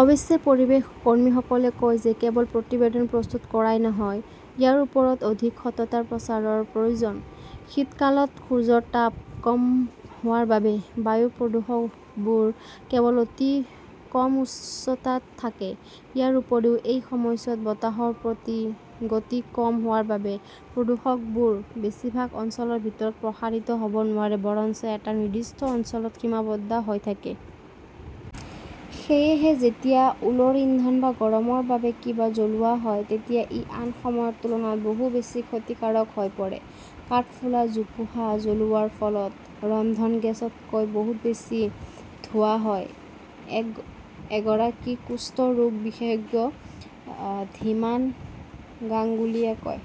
অৱশ্যে, পৰিৱেশ কৰ্মীসকলে কয় যে কেৱল প্ৰতিবেদন প্ৰস্তুত কৰাই নহয়, ইয়াৰ ওপৰত অধিক সততা প্ৰচাৰৰ প্ৰয়োজন। শীতকালত সূৰ্যৰ তাপ কম হোৱাৰ বাবে বায়ু প্ৰদূষকবোৰ কেৱল অতি কম উচ্চতাত থাকে। ইয়াৰ উপৰিও, এই সময়ছোৱাত বতাহৰ গতি কম হোৱাৰ বাবে, প্ৰদূষকবোৰ বেছিভাগ অঞ্চলৰ ভিতৰত প্ৰসাৰিত হ'ব নোৱাৰে বৰঞ্চ এটা নিৰ্দিষ্ট অঞ্চলত সীমাবদ্ধ হৈ থাকে। সেয়েহে যেতিয়া উলৰ ইন্ধন বা গৰমৰ বাবে কিবা জ্বলোৱা হয় তেতিয়া ই আন সময়ৰ তুলনাত বহু বেছি ক্ষতিকাৰক হৈ পৰে। কাঠফুলা, জোপোহা জ্বলোৱাৰ ফলত ৰন্ধন গেছতকৈ বহুত বেছি ধোঁৱা হয়, এক এগৰাকী কুষ্ঠ ৰোগ বিশেষজ্ঞ ধীমান গাংগুলীয়ে কয়।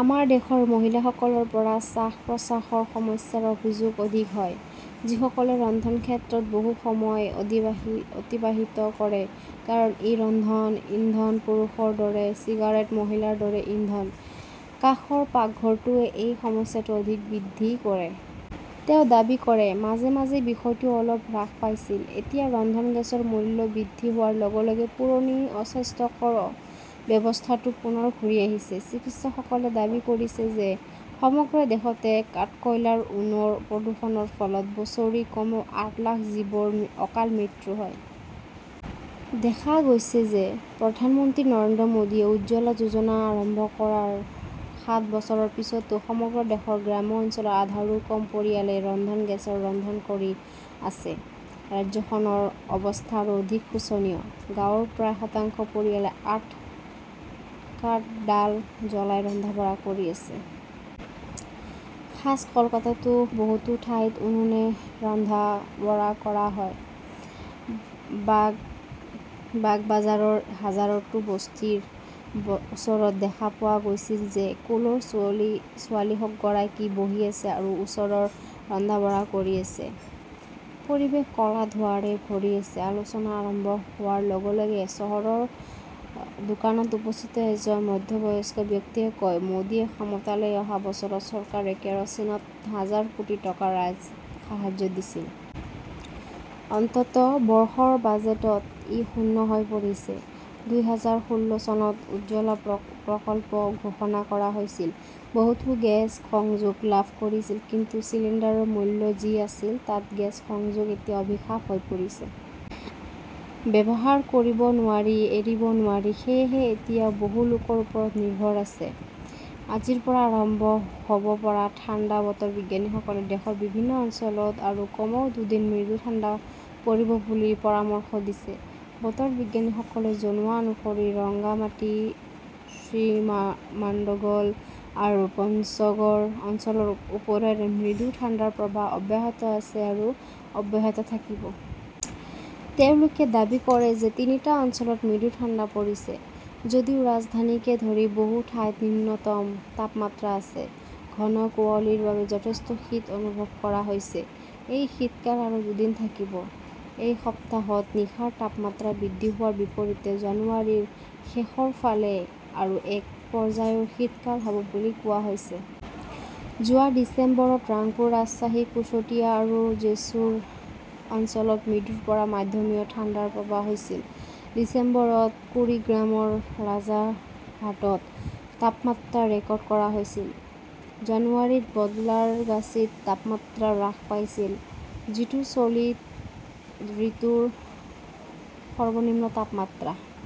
আমাৰ দেশৰ মহিলাসকলৰ পৰা শ্বাস-প্ৰশ্বাসৰ সমস্যাৰ অভিযোগ অধিক হয়, যিসকলে ৰন্ধন ক্ষেত্ৰত বহু সময় অতিবাহি অতিবাহিত কৰে ।কাৰণ এই ৰন্ধন ইন্ধন পুৰুষৰ দৰে চিগাৰেট, মহিলাৰ দৰে ইন্ধন। কাষৰ পাকঘৰটোৱে এই সমস্যাটো অধিক বৃদ্ধি কৰে। তেওঁ দাবী কৰে, মাজে মাজে বিষয়টো অলপ হ্ৰাস পাইছিল। এতিয়া ৰন্ধন গেছৰ মূল্য বৃদ্ধি হোৱাৰ লগে লগে পুৰণি, অস্বাস্থ্যকৰ ব্যৱস্থাটো পুনৰ ঘূৰি আহিছে। চিকিৎসকসকলে দাবী কৰিছে যে, সমগ্ৰ দেশতে কাঠকয়লাৰ উনুৰ প্ৰদূষণৰ ফলত বছৰি কমেও আঠ লাখ জীৱৰ অকাল মৃত্যু হয়। দেখা গৈছে যে, প্ৰধানমন্ত্ৰী নৰেন্দ্ৰ মোদীয়ে উজ্জ্বলা যোজনা আৰম্ভ কৰাৰ সাত বছৰৰ পিছতো সমগ্ৰ দেশৰ গ্ৰাম্য অঞ্চলৰ আধাৰো কম পৰিয়ালে ৰন্ধন গেছৰ ৰন্ধন কৰি আছে। ৰাজ্যখনৰ অৱস্থা আৰু অধিক শোচনীয়। গাঁৱৰ প্ৰায় শতাংশ পৰিয়ালে কাঠ, ডাল জ্বলাই ৰন্ধা-বঢ়া কৰি আছে। খাছ কলকাতাতো বহুতো ঠাইত উনুনে ৰন্ধা-বঢ়া কৰা হয়। বাগ বাগবাজাৰৰ হাজাৰোটো বস্তিৰ ওচৰত দেখা পোৱা গৈছিল যে,‌‌ কোনো ছোৱলি ছোৱালীগৰাকী বহি আছে আৰু ওচৰৰ ৰন্ধা-বঢ়া কৰি আছে। পৰিৱেশ কলা ধোঁৱাৰে ভৰি আছে। আলোচনা আৰম্ভ হোৱাৰ লগে লগে ওচৰৰ দোকানত উপস্থিত এজন মধ্যবয়স্ক ব্যক্তিয়ে কয়, "মোদীয়ে ক্ষমতালৈ অহা বছৰত চৰকাৰে কেৰচিনত হাজাৰ কোটি টকাৰ ৰাজসাহায্য দিছিল। অন্ততঃ -' বৰ্ষৰ বাজেটত ই শূন্য হৈ পৰিছে। দুই হাজাৰ ষোল্ল চনত উজ্জ্বলা প্ৰকল্প ঘোষণা কৰা হৈছিল। বহুতো গেছ সংযোগ লাভ কৰিছিল। কিন্তু চিলিণ্ডাৰৰ মূল্য যি আছিল, তাত গেছ সংযোগ এতিয়া অভিশাপ হৈ পৰিছে। ব্যৱহাৰ কৰিব নোৱাৰি, এৰিব নোৱাৰি! সেয়েহে এতিয়াও বহু লোকৰ ওপৰত নিৰ্ভৰ আছে। আজিৰ পৰা আৰম্ভ হ'ব পৰা ঠাণ্ডা বতৰ বিজ্ঞানীসকলে দেশৰ বিভিন্ন অঞ্চলত আৰু কমেও দুদিন মৃদু ঠাণ্ডা পৰিব বুলি পৰামৰ্শ দিছে। বতৰ বিজ্ঞানীসকলে জনোৱা অনুসৰি ৰংগামাটি, শ্ৰীমান্গল আৰু পঞ্চগড় অঞ্চলৰ ওপৰেৰে মৃদু ঠাণ্ডাৰ প্ৰৱাহ অব্যাহত আছে আৰু অব্যাহত থাকিব। তেওঁলোকে দাবী কৰে যে তিনিটা অঞ্চলত মৃদু ঠাণ্ডা পৰিছে। যদিও ৰাজধানীকে ধৰি বহু ঠাইত নিম্নতম তাপমাত্ৰা আছে, ঘন কুঁৱলীৰ বাবে যথেষ্ট শীত অনুভৱ কৰা হৈছে। এই শীতকাল আৰু দুদিন থাকিব। এই সপ্তাহত নিশাৰ তাপমাত্ৰা বৃদ্ধি হোৱাৰ বিপৰীতে জানুৱাৰীৰ শেষৰ ফালে আৰু এক পৰ্যায়ৰ শীতকাল হ'ব বুলি কোৱা হৈছে। যোৱা ডিচেম্বৰত ৰাংপুৰ, ৰাজশ্বাহী, কুশটিয়া আৰু জেছোৰ অঞ্চলত মৃদুৰ পৰা মধ্যমীয়া ঠাণ্ডাৰ প্ৰৱাহ হৈছিল। ডিচেম্বৰত কুৰিগ্ৰামৰ ৰাজাৰহাটত তাপমাত্ৰা ৰেকৰ্ড কৰা হৈছিল। জানুৱাৰীত বদলাৰগাচীত তাপমাত্ৰা হ্ৰাস পাইছিল, যিটো চলিত ঋতুৰ সৰ্বনিম্ন তাপমাত্ৰা।